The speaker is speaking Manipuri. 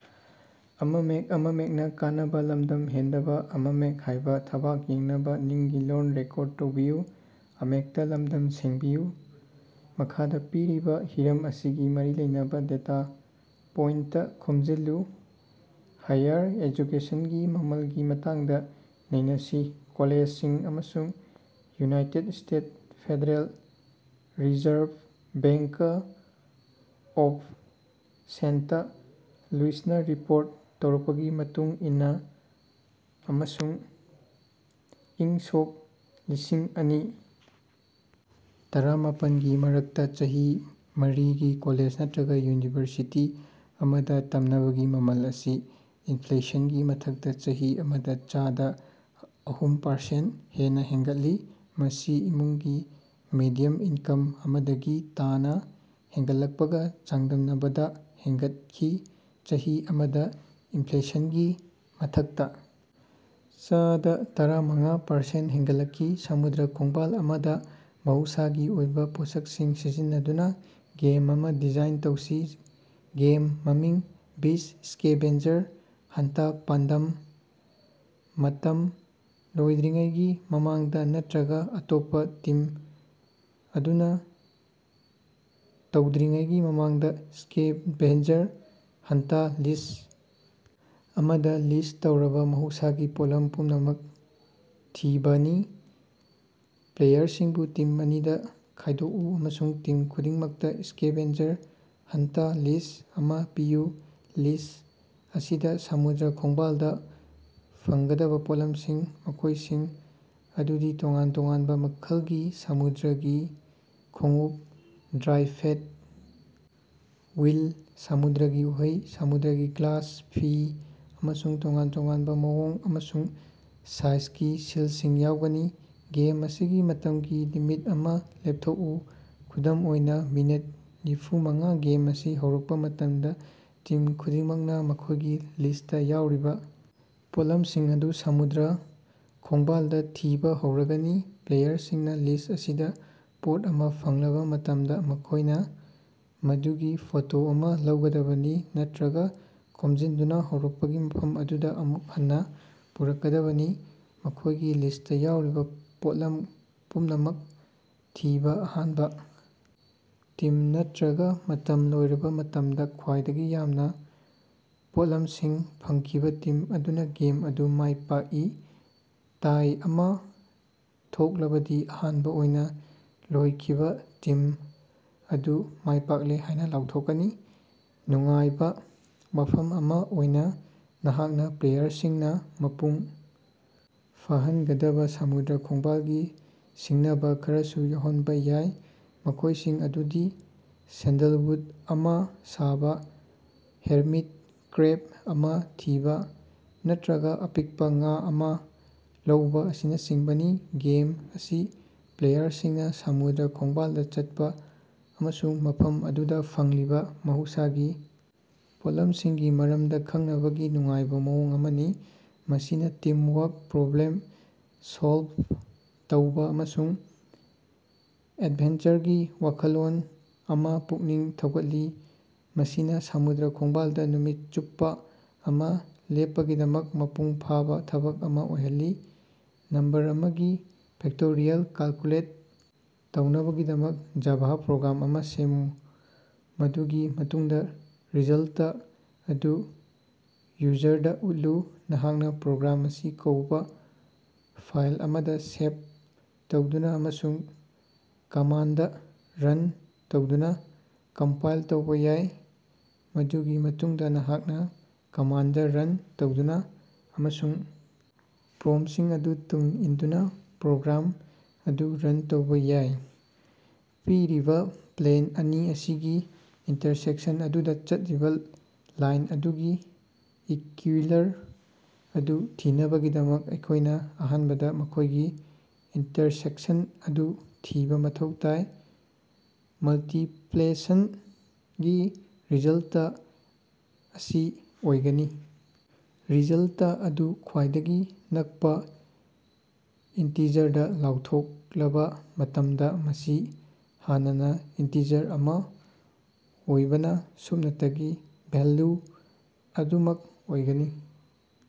ꯃꯈꯥꯗꯥ ꯄꯤꯔꯤꯕꯥ ꯍꯤꯔꯝ ꯑꯁꯤꯒꯥ ꯃꯔꯤ ꯂꯩꯅꯕꯥ ꯗꯦꯇꯥ ꯄꯣꯏꯟꯇ ꯈꯣꯝꯖꯤꯜꯂꯨ: ꯍꯥꯏꯌꯔ ꯑꯦꯖꯨꯀꯦꯁꯟꯒꯤ ꯃꯃꯜꯒꯤ ꯃꯇꯥꯡꯗ ꯅꯩꯅꯁꯤ꯫ ꯀꯣꯂꯦꯖꯁꯤꯡ ꯑꯃꯁꯨꯡ united state federal reserve bank of saint ꯂꯨꯏꯁꯅꯥ ꯔꯤꯄꯣꯔꯠ ꯇꯧꯔꯛꯄꯒꯤ ꯃꯇꯨꯡ ꯏꯟꯅꯥ ꯑꯃꯁꯨꯡ ꯏꯪ ꯁꯣꯛ ꯂꯤꯁꯤꯡ ꯑꯅꯤ ꯇꯔꯥꯃꯥꯄꯟꯒꯤ ꯃꯔꯛꯇꯥ ꯆꯍꯤ ꯃꯔꯤꯒꯤ ꯀꯣꯂꯦꯖ ꯅꯠꯇ꯭ꯔꯒꯥ ꯌꯨꯅꯤꯚꯔꯁꯤꯇꯤ ꯑꯃꯗꯥ ꯇꯝꯅꯕꯒꯤ ꯃꯃꯜ ꯑꯁꯤ ꯏꯟꯐ꯭ꯂꯦꯁꯟꯒꯤ ꯃꯊꯛꯇꯥ ꯆꯍꯤ ꯑꯃꯗꯥ ꯆꯗꯥ ꯑꯍꯨꯝ ꯄꯥꯔꯁꯦꯟ ꯍꯦꯟꯅꯥ ꯍꯦꯟꯒꯠꯈꯤ, ꯃꯁꯤ ꯏꯃꯨꯡꯒꯤ ꯃꯦꯗꯤꯌꯝ ꯏꯟꯀꯝ ꯑꯃꯥꯗꯒꯤ ꯇꯥꯅꯥ ꯍꯦꯟꯒꯠꯂꯛꯄꯒꯥ ꯆꯥꯡꯗꯝꯅꯕꯗꯥ ꯍꯦꯟꯒꯠꯈꯤ꯫ ꯆꯍꯤ ꯑꯃꯗꯥ ꯏꯟꯐ꯭ꯂꯦꯁꯟꯒꯤ ꯃꯊꯛꯇꯥ ꯆꯗꯥ ꯇꯔꯥꯃꯉꯥ ꯄꯥꯔꯁꯦꯟ ꯍꯦꯟꯒꯠꯂꯛꯈꯤ꯫ ꯁꯃꯨꯗ꯭ꯔ ꯈꯣꯡꯕꯥꯜ ꯑꯃꯗꯥ ꯃꯍꯧꯁꯥꯒꯤ ꯑꯣꯏꯕꯥ ꯄꯣꯠꯁꯛꯁꯤꯡ ꯁꯤꯖꯤꯟꯅꯗꯨꯅꯥ ꯒꯦꯝ ꯑꯃꯥ ꯗꯤꯖꯥꯏꯟ ꯇꯧꯁꯤ꯫ ꯒꯦꯝ ꯃꯃꯤꯡ ꯕꯤꯆ ꯁ꯭ꯀꯦꯚꯦꯟꯖꯔ ꯍꯟꯇ ꯄꯥꯟꯗꯝ: ꯃꯇꯝ ꯂꯣꯏꯗ꯭ꯔꯤꯉꯩꯒꯤ ꯃꯃꯥꯡꯗꯥ ꯅꯠꯇ꯭ꯔꯒꯥ ꯑꯇꯣꯞꯄꯥ ꯇꯤꯝ ꯑꯗꯨꯅꯥ ꯇꯧꯗ꯭ꯔꯤꯉꯩꯒꯤ ꯃꯃꯥꯡꯗꯥ ꯁ꯭ꯀꯦꯚꯦꯟꯖꯔ ꯍꯟꯇ ꯂꯤꯁ꯭ꯠ ꯑꯃꯗꯥ ꯂꯤꯁ ꯇꯧꯔꯕꯥ ꯃꯍꯧꯁꯥꯒꯤ ꯄꯣꯠꯂꯝ ꯄꯨꯝꯅꯃꯛ ꯊꯤꯕꯥꯅꯤ꯫ ꯄ꯭ꯂꯦꯌꯔꯁꯤꯡꯕꯨ ꯇꯤꯝ ꯑꯅꯤꯗꯥ ꯈꯥꯏꯗꯣꯛꯎ ꯑꯃꯁꯨꯡ ꯇꯤꯝ ꯈꯨꯗꯤꯡꯃꯛꯇꯥ ꯁ꯭ꯀꯦꯚꯦꯟꯖꯔ ꯍꯟꯇ ꯂꯤꯁ ꯑꯃꯥ ꯄꯤꯌꯨ꯫ ꯂꯤꯁ ꯑꯁꯤꯗꯥ ꯁꯃꯨꯗ꯭ꯔ ꯈꯣꯡꯕꯥꯜꯗꯥ ꯐꯪꯒꯗꯕꯥ ꯄꯣꯠꯂꯝꯁꯤꯡ, ꯃꯈꯣꯏꯁꯤꯡ ꯑꯗꯨꯗꯤ ꯇꯣꯉꯥꯟ ꯇꯣꯉꯥꯟꯕ ꯃꯈꯜꯒꯤ ꯁꯃꯨꯗ꯭ꯔꯒꯤ ꯈꯣꯡꯎꯞ, ꯗ꯭ꯔꯥꯏꯐꯦꯠ ꯋꯤꯜ, ꯁꯃꯨꯗ꯭ꯔꯒꯤ ꯎꯍꯩ, ꯁꯃꯨꯗ꯭ꯔꯒꯤ ꯒ꯭ꯂꯥꯁ, ꯐꯤ, ꯑꯃꯁꯨꯡ ꯇꯣꯉꯥꯟ ꯇꯣꯉꯥꯟꯕ ꯃꯑꯣꯡ ꯑꯃꯁꯨꯡ ꯁꯥꯏꯖꯒꯤ ꯁꯤꯜꯁꯤꯡ ꯌꯥꯎꯒꯅꯤ꯫ ꯒꯦꯝ ꯑꯁꯤꯒꯤ ꯃꯇꯝꯒꯤ ꯂꯤꯃꯤꯠ ꯑꯃꯥ ꯂꯦꯞꯊꯣꯛꯎ, ꯈꯨꯗꯝ ꯑꯣꯏꯅꯥ ꯃꯤꯅꯤꯠ ꯅꯤꯐꯨꯃꯉꯥ ꯒꯦꯝ ꯑꯁꯤ ꯍꯧꯔꯛꯄꯥ ꯃꯇꯝꯗꯥ ꯇꯤꯝ ꯈꯨꯗꯤꯡꯃꯛꯅꯥ ꯃꯈꯣꯏꯒꯤ ꯂꯤꯁꯇꯥ ꯌꯥꯎꯔꯤꯕꯥ ꯄꯣꯠꯂꯝꯁꯤꯡ ꯑꯗꯨ ꯁꯃꯨꯗ꯭ꯔ ꯈꯣꯡꯕꯥꯜꯗꯥ ꯊꯤꯕꯥ ꯍꯧꯔꯒꯅꯤ꯫ ꯄ꯭ꯂꯦꯌꯔꯁꯤꯡꯅꯥ ꯂꯤꯁ ꯑꯁꯤꯗꯥ ꯄꯣꯠ ꯑꯃꯥ ꯐꯪꯂꯕꯥ ꯃꯇꯝꯗꯥ, ꯃꯈꯣꯏꯅꯥ ꯃꯗꯨꯒꯤ ꯐꯣꯇꯣ ꯑꯃꯥ ꯂꯧꯒꯗꯕꯅꯤ ꯅꯠꯇ꯭ꯔꯒꯥ ꯈꯣꯝꯖꯤꯟꯗꯨꯅꯥ ꯍꯧꯔꯛꯄꯒꯤ ꯃꯐꯝ ꯑꯗꯨꯗꯥ ꯑꯃꯨꯛ ꯍꯟꯅꯥ ꯄꯨꯔꯛꯀꯗꯕꯅꯤ꯫ ꯃꯈꯣꯏꯒꯤ ꯂꯤꯁꯇꯥ ꯌꯥꯎꯔꯤꯕꯥ ꯄꯣꯠꯂꯝ ꯄꯨꯝꯅꯃꯛ ꯊꯤꯕꯥ ꯑꯍꯥꯟꯕꯥ ꯇꯤꯝ ꯅꯠꯇ꯭ꯔꯒꯥ ꯃꯇꯝ ꯂꯣꯏꯔꯕꯥ ꯃꯇꯝꯗꯥ ꯈ꯭ꯋꯥꯏꯗꯒꯤ ꯌꯥꯝꯅꯥ ꯄꯣꯠꯂꯝꯁꯤꯡ ꯐꯪꯈꯤꯕꯥ ꯇꯤꯝ ꯑꯗꯨꯅꯥ ꯒꯦꯝ ꯑꯗꯨ ꯃꯥꯏ ꯄꯥꯛꯏ꯫ ꯇꯥꯏ ꯑꯃꯥ ꯊꯣꯛꯂꯕꯗꯤ ꯑꯍꯥꯟꯕꯥ ꯑꯣꯏꯅꯥ ꯂꯣꯏꯈꯤꯕꯥ ꯇꯤꯝ ꯑꯗꯨ ꯃꯥꯏꯄꯥꯛꯂꯦ ꯍꯥꯏꯅꯥ ꯂꯥꯎꯊꯣꯛꯀꯅꯤ꯫ ꯅꯨꯡꯉꯥꯏꯕꯥ ꯋꯥꯐꯝ ꯑꯃꯥ ꯑꯣꯏꯅꯥ, ꯅꯍꯥꯛꯅꯥ ꯄ꯭ꯂꯦꯌꯔꯁꯤꯡꯅꯥ ꯃꯄꯨꯡ ꯐꯥꯍꯟꯒꯗꯕꯥ ꯁꯃꯨꯗ꯭ꯔ ꯈꯣꯡꯕꯥꯜꯒꯤ ꯁꯤꯡꯅꯕꯥ ꯈꯔꯁꯨ ꯌꯥꯎꯍꯟꯕꯥ ꯌꯥꯏ, ꯃꯈꯣꯏꯁꯤꯡ ꯑꯗꯨꯗꯤ ꯁꯦꯟꯗꯜꯋꯨꯠ ꯑꯃꯥ ꯁꯥꯕꯥ, ꯍꯦꯔꯃꯤꯠ ꯀ꯭ꯔꯦꯕ ꯑꯃꯥ ꯊꯤꯕꯥ, ꯅꯠꯇ꯭ꯔꯒꯥ ꯑꯄꯤꯛꯄꯥ ꯉꯥ ꯑꯃꯥ ꯂꯧꯕꯥ ꯑꯁꯤꯅꯆꯤꯡꯕꯅꯤ꯫ ꯒꯦꯝ ꯑꯁꯤ ꯄ꯭ꯂꯦꯌꯔꯁꯤꯡꯅꯥ ꯁꯃꯨꯗ꯭ꯔ ꯈꯣꯡꯕꯥꯜꯗꯥ ꯆꯠꯄꯥ ꯑꯃꯁꯨꯡ ꯃꯐꯝ ꯑꯗꯨꯗꯥ ꯐꯪꯂꯤꯕꯥ ꯃꯍꯧꯁꯥꯒꯤ ꯄꯣꯠꯂꯝꯁꯤꯡꯒꯤ ꯃꯔꯝꯗꯥ ꯈꯪꯅꯕꯒꯤ ꯅꯨꯡꯉꯥꯏꯕꯥ ꯃꯑꯣꯡ ꯑꯃꯅꯤ꯫ ꯃꯁꯤꯅꯥ ꯇꯤꯝꯋꯥꯛ, ꯄ꯭ꯔꯣꯕ꯭ꯂꯦꯝ ꯁꯣꯜꯕ ꯇꯧꯕꯥ, ꯑꯃꯁꯨꯡ ꯑꯦꯗꯚꯦꯟꯆꯔꯒꯤ ꯋꯥꯈꯜꯂꯣꯟ ꯑꯃꯥ ꯄꯨꯛꯅꯤꯡ ꯊꯧꯒꯠꯂꯤ, ꯃꯁꯤꯅꯥ ꯁꯃꯨꯗ꯭ꯔ ꯈꯣꯡꯕꯥꯜꯗꯥ ꯅꯨꯃꯤꯠ ꯆꯨꯞꯄꯥ ꯑꯃꯥ ꯂꯦꯞꯄꯒꯤꯗꯃꯛ ꯃꯄꯨꯡ ꯐꯥꯕꯥ ꯊꯕꯛ ꯑꯃꯥ ꯑꯣꯏꯍꯜꯂꯤ꯫ ꯅꯝꯕꯔ ꯑꯃꯒꯤ ꯐꯦꯛꯇꯣꯔꯤꯑꯦꯜ ꯀꯦꯜꯀꯨꯂꯦꯠ ꯇꯧꯅꯕꯒꯤꯗꯃꯛ ꯖꯥꯚꯥ ꯄ꯭ꯔꯣꯒ꯭ꯔꯥꯝ ꯑꯃꯥ ꯁꯦꯝꯃꯨ꯫ ꯃꯗꯨꯒꯤ ꯃꯇꯨꯡꯗꯥ ꯔꯤꯖꯜꯇ ꯑꯗꯨ ꯌꯨꯖꯔꯗꯥ ꯎꯠꯂꯨ꯫ ꯅꯍꯥꯛꯅꯥ ꯄ꯭ꯔꯣꯒ꯭ꯔꯥꯝ ꯑꯁꯤ ꯀꯧꯕꯥ ꯐꯥꯏꯜ ꯑꯃꯗꯥ ꯁꯦꯞ ꯇꯧꯗꯨꯅꯥ ꯑꯃꯁꯨꯡ ꯀꯃꯥꯟꯗ ꯔꯟ ꯇꯧꯗꯨꯅꯥ ꯀꯝꯄꯥꯏꯜ ꯇꯧꯕꯥ ꯌꯥꯏ꯫ ꯃꯗꯨꯒꯤ ꯃꯇꯨꯡꯗꯥ ꯅꯍꯥꯛꯅꯥ ꯀꯃꯥꯟꯗ ꯔꯟ ꯇꯧꯗꯨꯅꯥ ꯑꯃꯁꯨꯡ ꯄ꯭ꯔꯣꯝꯁꯤꯡ ꯑꯗꯨ ꯇꯨꯡ ꯏꯟꯗꯨꯅꯥ ꯄ꯭ꯔꯣꯒ꯭ꯔꯥꯝ ꯑꯗꯨ ꯔꯟ ꯇꯧꯕꯥ ꯌꯥꯏ꯫ ꯄꯤꯔꯤꯕꯥ ꯄ꯭ꯂꯦꯟ ꯑꯅꯤ ꯑꯁꯤꯒꯤ ꯏꯟꯇꯔꯁꯦꯛꯁꯟ ꯑꯗꯨꯗꯥ ꯆꯠꯂꯤꯕꯥ ꯂꯥꯏꯟ ꯑꯗꯨꯒꯤ ꯏꯀ꯭ꯌꯨꯏꯂꯔ ꯑꯗꯨ ꯊꯤꯅꯕꯒꯤꯗꯃꯛ ꯑꯩꯈꯣꯏꯅꯥ ꯑꯍꯥꯟꯕꯗꯥ ꯃꯈꯣꯏꯒꯤ ꯏꯟꯇꯔꯁꯦꯛꯁꯟ ꯑꯗꯨ ꯊꯤꯕꯥ ꯃꯊꯧ ꯇꯥꯏ꯫ ꯃꯜꯇꯤꯄ꯭ꯂꯦꯁꯟꯒꯤ ꯔꯤꯖꯜꯇ ꯑꯁꯤ ꯑꯣꯏꯒꯅꯤ, ꯔꯤꯖꯜꯇ ꯑꯗꯨ ꯈ꯭ꯋꯥꯏꯗꯒꯤ ꯅꯛꯄꯥ ꯏꯟꯇꯤꯖꯔꯗꯥ ꯂꯥꯎꯊꯣꯛꯂꯕꯥ ꯃꯇꯝꯗꯥ, ꯃꯁꯤ ꯍꯥꯟꯅꯅꯥ ꯏꯟꯇꯤꯖꯔ ꯑꯃꯥ ꯑꯣꯏꯕꯅꯥ ꯁꯨꯞꯅꯇꯒꯤ ꯚꯦꯜꯂꯨ ꯑꯗꯨꯃꯛ ꯑꯣꯏꯒꯅꯤ꯫